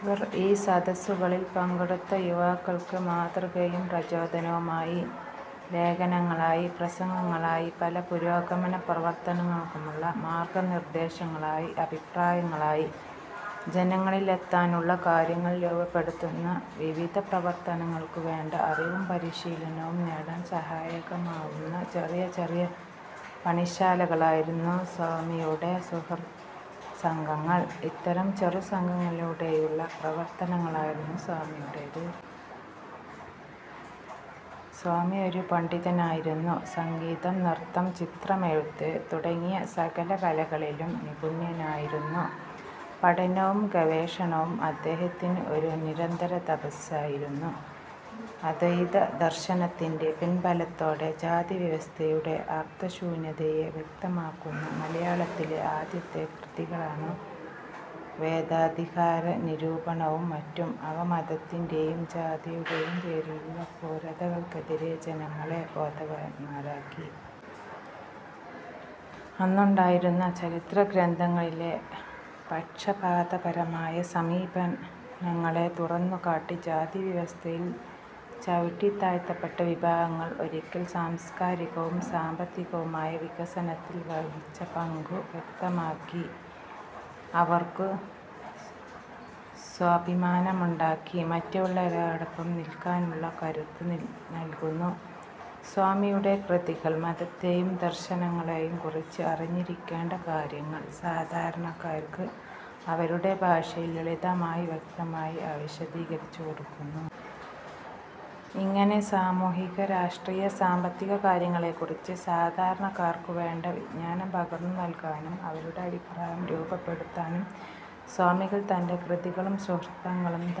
ഇവർ ഈ സദസ്സുകളിൽ പങ്കെടുത്ത യുവാക്കൾക്ക് മാതൃകയും പ്രചോദനവുമായി. ലേഖനങ്ങളായി, പ്രസംഗങ്ങളായി, പല പുരോഗമന പ്രവർത്തനങ്ങൾക്കുമുള്ള മാർഗ്ഗ നിർദ്ദേശങ്ങളായി, അഭിപ്രായങ്ങളായി, ജനങ്ങളിലെത്താനുള്ള കാര്യങ്ങൾ രൂപപ്പെടുത്തുന്ന വിവിധ പ്രവർത്തനങ്ങൾക്കു് വേണ്ട അറിവും പരിശീലനവും നേടാൻ സഹായകമാകുന്ന ചെറിയ ചെറിയ പണിശാലകളായിരുന്നു സ്വാമിയുടെ സുഹൃദ്സംഘങ്ങൾ. ഇത്തരം ചെറു സംഘങ്ങളിലൂടെയുള്ള പ്രവർത്തനങ്ങളായിരുന്നു സ്വാമിയുടേതു്. സ്വാമി ഒരു പണ്ഡിതനായിരുന്നു. സംഗീതം, നൃത്തം, ചിത്രമെഴുത്തു് തുടങ്ങി സകല കലകളിലും നിപുണനായിരുന്നു. പഠനവും ഗവേഷണവും അദ്ദേഹത്തിനു് ഒരു നിരന്തര തപസ്യയായിരുന്നു. അദ്വൈത ദർശനത്തിന്റെ പിൻബലത്തോടെ ജാതി വ്യവസ്ഥയുടെ അർത്ഥശൂന്യതയെ വ്യക്തമാക്കുന്ന മലയാളത്തിലെ ആദ്യത്തെ കൃതികളാണു് വേദാധികാരനിരൂപണവും മറ്റും. അവ മതത്തിന്റെയും ജാതിയുടെയും പേരിലുള്ള ക്രൂരതകൾക്കെതിരെ ജനങ്ങളെ ബോധവാന്മാരാക്കി. അന്നുണ്ടായിരുന്ന ചരിത്ര ഗ്രന്ഥങ്ങളിലെ പക്ഷപാതപരമായ സമീപനങ്ങളെ തുറന്നുകാട്ടി, ജാതി വ്യവസ്ഥയിൽ ചവുട്ടിതാഴ്ത്തപ്പെട്ട വിഭാഗങ്ങൾ ഒരിക്കൽ സാംസ്കാരികവും സാമ്പത്തികവുമായ വികസനത്തിൽ വഹിച്ച പങ്കു് വ്യക്തമാക്കി അവർക്കു് സ്വാഭിമാനമുണ്ടാക്കി മറ്റുള്ളവരോടൊപ്പം നിൽക്കാനുള്ള കരുത്തു് നൽകുന്നു സ്വാമിയുടെ കൃതികൾ. മതത്തെയും ദർശനങ്ങളെയും കുറിച്ചു് അറിഞ്ഞിരിക്കേണ്ട കാര്യങ്ങൾ സാധാരണക്കാർക്കു് അവരുടെ ഭാഷയിൽ, ലളിതമായി വ്യക്തമായി അവ വിശദീകരിച്ചു കൊടുക്കുന്നു. ഇങ്ങനെ സാമൂഹിക രാഷ്ട്രീയ സാമ്പത്തിക കാര്യങ്ങളെക്കുറിച്ചു് സാധാരണക്കാർക്കു് വേണ്ട വിജ്ഞാനം പകർന്നു് നൽകാനും അവരുടെ അഭിപ്രായം രൂപപ്പെടുത്താനും സ്വാമികൾ തന്റെ കൃതികളും സുഹൃദ്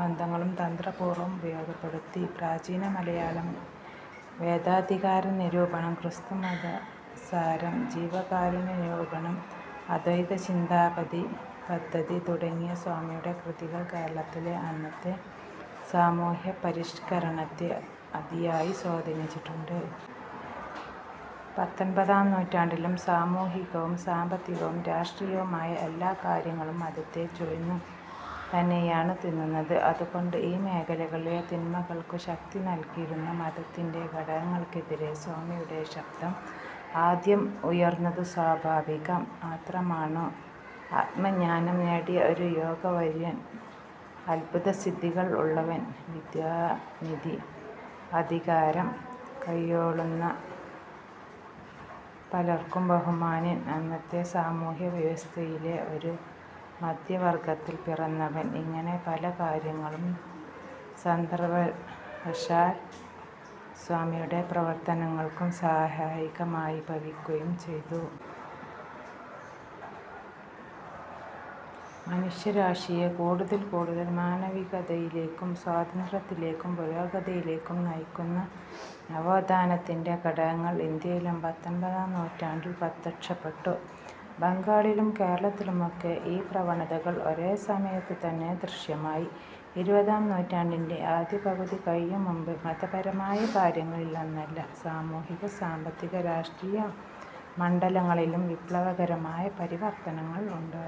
ബന്ധങ്ങളും തന്ത്രപൂർവ്വം ഉപയോഗപ്പെടുത്തി. പ്രാചീനമലയാളം, വേദാധികാര നിരൂപണം, ക്രിസ്തുമതസാരം, ജീവകാരുണ്യനിരൂപണം, അദ്വൈതചിന്താപദ്ധതി തുടങ്ങിയ സ്വാമിയുടെ കൃതികൾ കേരളത്തിലെ അന്നത്തെ സാമൂഹ്യപരിഷ്കരണത്തെ അതിയായി സ്വാധീനിച്ചിട്ടുണ്ടു്. പത്തൊമ്പതാം നൂറ്റാണ്ടിലും സാമൂഹികവും സാമ്പത്തികവും രാഷ്ട്രീയവും ആയ എല്ലാ കാര്യങ്ങളും മതത്തെ ചൂഴ്ന്നു തന്നെയാണു് തിന്നതു്. അതുകൊണ്ടു് ഈ മേഖലകളിലെ തിന്മകൾക്കു് ശക്തി നൽകിയിരുന്ന മതത്തിന്റെ ഘടകങ്ങൾക്കെതിരെ സ്വാമിയുടെ ശബ്ദം ആദ്യം ഉയർന്നതു് സ്വാഭാവികം മാത്രമാണു്. ആത്മജ്ഞാനം നേടിയ ഒരു യോഗവര്യൻ, അത്ഭുതസിദ്ധികൾ ഉള്ളവൻ, വിദ്യാനിധി, അധികാരം കൈയ്യാളുന്ന പലർക്കും ബഹുമാന്യൻ, അന്നത്തെ സാമൂഹ്യ വ്യവസ്ഥയിലെ ഒരു മധ്യവർഗത്തിൽ പിറന്നവൻ ഇങ്ങനെ പല കാര്യങ്ങളും സന്ദർഭവശാൽ സ്വാമിയുടെ പ്രവർത്തനങ്ങൾക്കു് സഹായകമായി ഭവിക്കുകയും ചെയ്തു. മനുഷ്യരാശിയെ കൂടുതൽ കൂടുതൽ മാനവികതയിലേക്കും, സ്വാതന്ത്ര്യത്തിലേക്കും, പുരോഗതിയിലേക്കും നയിക്കുന്ന നവോത്ഥാനത്തിന്റെ ഘടകങ്ങൾ ഇന്ത്യയിലും പത്തൊമ്പതാം നൂറ്റാണ്ടിൽ പ്രത്യക്ഷപ്പെട്ടു. ബംഗാളിലും കേരളത്തിലുമൊക്കെ ഈ പ്രവണതകൾ ഒരേ സമയത്തു തന്നെ ദൃശ്യമായി. ഇരുപതാം നൂറ്റാണ്ടിന്റെ ആദ്യപകുതി കഴിയും മുമ്പു് മതപരമായ കാര്യങ്ങളിലെന്നല്ല, സാമൂഹിക, സാമ്പത്തിക രാഷ്ട്രീയ മണ്ഡലങ്ങളിലും വിപ്ലവകരമായ പരിവർത്തനങ്ങൾ ഉണ്ടായി.